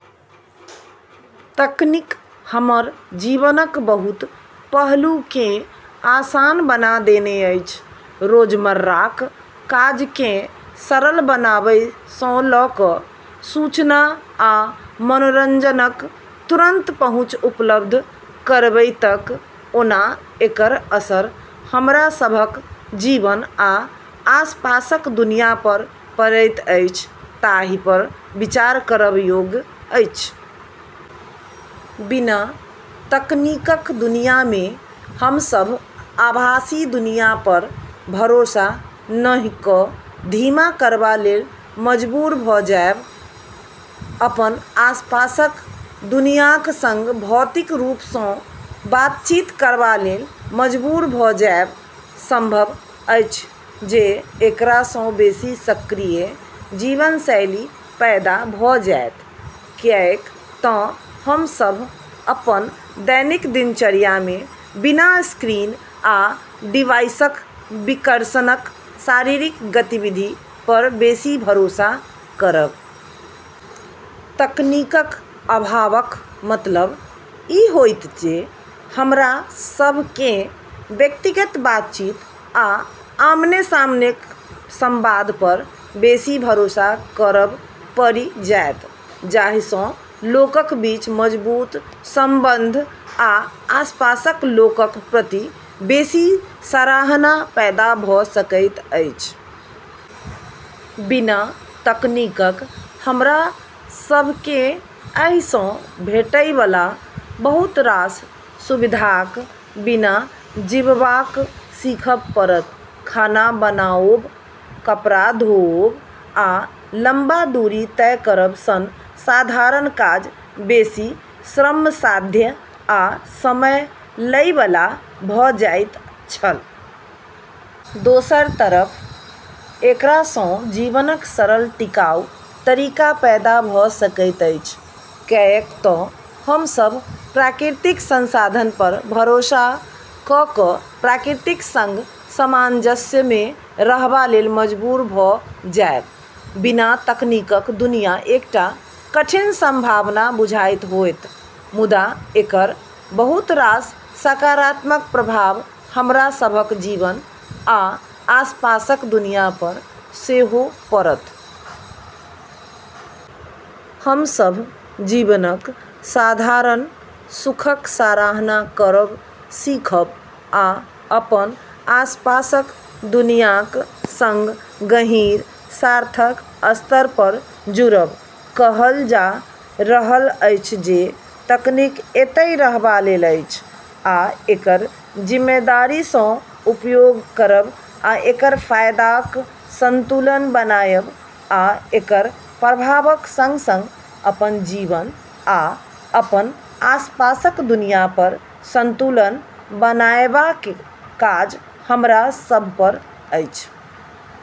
तकनीक हमर जीवनक बहुत पहलूकेँ आसान बना देने अछि, रोजमर्राक काजकेँ सरल बनाबै सँ लऽ कऽ सूचना आ मनोरंजनक तुरंत पहुँच उपलब्ध करबै तक। ओना एकर असर हमरा सभक जीवन आ आसपासक दुनिया पर पड़ैत अछि ताहि पर विचार करब योग्य अछि। बिना तकनीकक दुनिया मे हम सभ आभासी दुनिया पर भरोसा नहि कऽ धीमा करबा लेल मजबूर भऽ जायब, अपन आसपासक दुनियाक संग भौतिक रूप सँ बातचीत करबा लेल मजबूर भऽ जायब। संभव अछि जे एकरा सँ बेसी सक्रिय जीवनशैली पैदा भऽ जायत, कैएक तँ हम सभ अपन दैनिक दिनचर्या मे बिना स्क्रीन आ डिवाइसक विकर्षणक शारीरिक गतिविधि पर बेसी भरोसा करब। तकनीकक अभावक मतलब ई होइत जे हमरा सभकेँ व्यक्तिगत बातचीत आ आमने-सामनेक संवाद पर बेसी भरोसा करब पड़ि जायत, जाही सँ लोकक बीच मजबूत संबंध आ आसपासक लोकक प्रति बेसी सराहना पैदा भऽ सकैत अछि। बिना तकनीकक हमरा सभकेँ एहि सँ भेटै बला बहुत रास सुविधाक बिना जीबबाक सीखब पड़त। खाना बनाओब, कपड़ा धोओब, आ लंबा दूरी तय करब सन साधारण काज बेसी श्रमसाध्य आ समय लै बला भऽ जाइत छल। दोसर तरफ एकरा सँ जीवनक सरल, टिकाऊ तरीका पैदा भऽ सकैत अछि, कैएक तँ हम सभ प्राकृतिक संसाधन पर भरोसा कऽ कऽ प्रकृतिक संग सामंजस्य मे रहबा लेल मजबूर भऽ जायब। बिना तकनीकक दुनिया एकटा कठिन संभावना बुझाइत होयत, मुदा एकर बहुत रास सकारात्मक प्रभाव हमरा सभक जीवन आ आसपासक दुनिया पर सेहो पड़त। हम सभ जीवनक साधारण सुखक सराहना करब सीखब आ अपन आसपासक दुनियाक संग गहींर, सार्थक स्तर पर जुड़ब। कहल जा रहल अछि जे तकनीक एतय रहबा लेल अछि, आ एकर जिम्मेदारी सँ उपयोग करब आ एकर फायदाक संतुलन बनाएब आ एकर प्रभावक संग-संग अपन जीवन आ अपन आसपासक दुनिया पर संतुलन बनाएबाक काज हमरा सभ पर अछि।